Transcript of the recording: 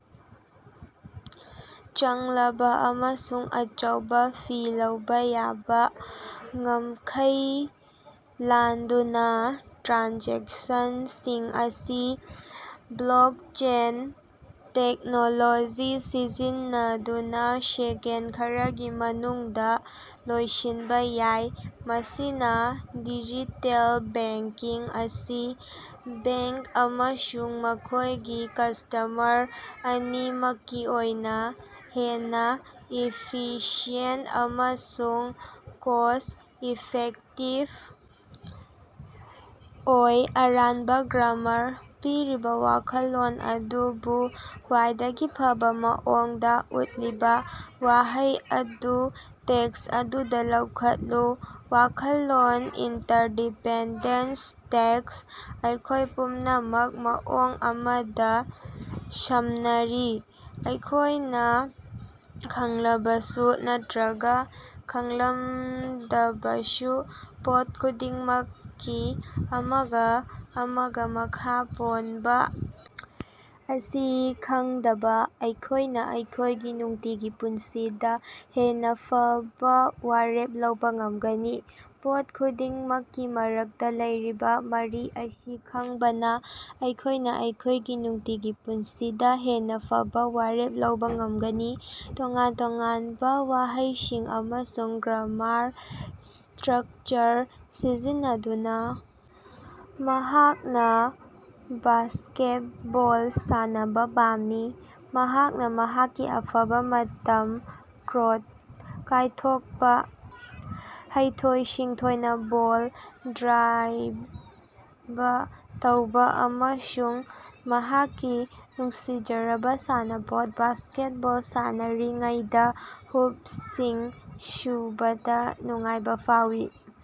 ꯆꯪꯂꯕ ꯑꯃꯁꯨꯡ ꯑꯆꯧꯕ ꯐꯤ ꯂꯧꯕ ꯌꯥꯕ ꯉꯝꯈꯩ ꯂꯥꯟꯗꯨꯅ ꯇ꯭ꯔꯥꯟꯖꯦꯛꯁꯟꯁꯤꯡ ꯑꯁꯤ ꯕ꯭ꯂꯣꯛꯆꯦꯟ ꯇꯦꯛꯅꯣꯂꯣꯖꯤ ꯁꯤꯖꯤꯟꯅꯗꯨꯅ ꯁꯦꯀꯦꯟ ꯈꯔꯒꯤ ꯃꯅꯨꯡꯗ ꯂꯣꯏꯁꯤꯟꯕ ꯌꯥꯏ꯫ ꯃꯁꯤꯅ ꯗꯤꯖꯤꯇꯦꯜ ꯕꯦꯡꯛꯀꯤꯡ ꯑꯁꯤ ꯕꯦꯡꯛ ꯑꯃꯁꯨꯡ ꯃꯈꯣꯏꯒꯤ ꯀ꯭ꯁꯇꯃꯔ ꯑꯅꯤꯃꯛꯀꯤ ꯑꯣꯏꯅ ꯍꯦꯟꯅ ꯏꯐꯤꯁꯤꯌꯦꯟꯠ ꯑꯃꯁꯨꯡ ꯀꯣꯁ꯭ꯠ ꯏꯐꯦꯛꯇꯤꯚ ꯑꯣꯏ꯫ ꯑꯔꯥꯟꯕ ꯒ꯭ꯔꯥꯃꯥꯔ꯫ ꯄꯤꯔꯤꯕ ꯋꯥꯈꯜꯂꯣꯟ ꯑꯗꯨꯕꯨ ꯈ꯭ꯋꯥꯏꯗꯒꯤ ꯐꯕ ꯃꯑꯣꯡꯗ ꯎꯠꯂꯤꯕ ꯋꯥꯍꯩ ꯑꯗꯨ ꯇꯦꯛꯁ ꯑꯗꯨꯗ ꯂꯧꯈꯠꯂꯨ꯫ ꯋꯥꯈꯜꯂꯣꯟ: ꯏꯟꯇꯔꯗꯤꯄꯦꯟꯗꯦꯟꯁ ꯇꯦꯛꯁ: ꯑꯩꯈꯣꯏ ꯄꯨꯝꯅꯃꯛ ꯃꯑꯣꯡ ꯑꯃꯗ ꯁꯝꯅꯔꯤ, ꯑꯩꯈꯣꯏꯅ ꯈꯪꯂꯕꯁꯨ ꯅꯠꯇꯔꯒ ꯈꯪꯂꯝꯗꯕꯁꯨ꯫ ꯄꯣꯠ ꯈꯨꯗꯤꯡꯃꯛꯀꯤ ꯑꯃꯒ ꯑꯃꯒ ꯃꯈꯥ ꯄꯣꯟꯕ ꯑꯁꯤ ꯈꯪꯗꯕ ꯑꯩꯈꯣꯏꯅ ꯑꯩꯈꯣꯏꯒꯤ ꯅꯨꯡꯇꯤꯒꯤ ꯄꯨꯟꯁꯤꯗ ꯍꯦꯟꯅ ꯐꯕ ꯋꯥꯔꯦꯞ ꯂꯧꯕ ꯉꯝꯒꯅꯤ꯫ ꯄꯣꯠ ꯈꯨꯗꯤꯡꯃꯛꯀꯤ ꯃꯔꯛꯇ ꯂꯩꯔꯤꯕ ꯃꯔꯤ ꯑꯁꯤ ꯈꯪꯕꯅ ꯑꯩꯈꯣꯏꯅ ꯑꯩꯈꯣꯏꯒꯤ ꯅꯨꯡꯇꯤꯒꯤ ꯄꯨꯟꯁꯤꯗ ꯍꯦꯟꯅ ꯐꯕ ꯋꯥꯔꯦꯞ ꯂꯧꯕꯥ ꯉꯝꯒꯅꯤ꯫ ꯇꯣꯉꯥꯟ-ꯇꯣꯉꯥꯟꯕ ꯋꯥꯍꯩꯁꯤꯡ ꯑꯃꯁꯨꯡ ꯒ꯭ꯔꯥꯃꯥꯔ ꯁ꯭ꯇꯔꯛꯆꯔ ꯁꯤꯖꯤꯟꯅꯗꯨꯅ "ꯃꯍꯥꯛꯅ ꯕꯥꯁ꯭ꯀꯦꯠꯕꯣꯜ ꯁꯥꯟꯅꯕ ꯄꯥꯝꯃꯤ꯫" ꯃꯍꯥꯛꯅ ꯃꯍꯥꯛꯀꯤ ꯑꯐꯕ ꯃꯇꯝ ꯀꯣꯔ꯭ꯠꯇ ꯀꯥꯏꯊꯣꯛꯄ, ꯍꯩꯊꯣꯏ-ꯁꯤꯡꯊꯣꯏꯅ ꯕꯣꯜ ꯗ꯭ꯔꯥꯏꯕ ꯇꯧꯕ ꯑꯃꯁꯨꯡ ꯃꯍꯥꯛꯀꯤ ꯅꯨꯡꯁꯤꯖꯔꯕ ꯁꯥꯟꯅꯄꯣꯠ ꯕꯥꯁꯀꯦꯠꯕꯣꯜ ꯁꯥꯟꯅꯔꯤꯉꯩꯗ ꯍꯨꯞꯁꯤꯡ ꯁꯨꯕꯗ ꯅꯨꯡꯉꯥꯏꯕ ꯐꯥꯎꯏ꯫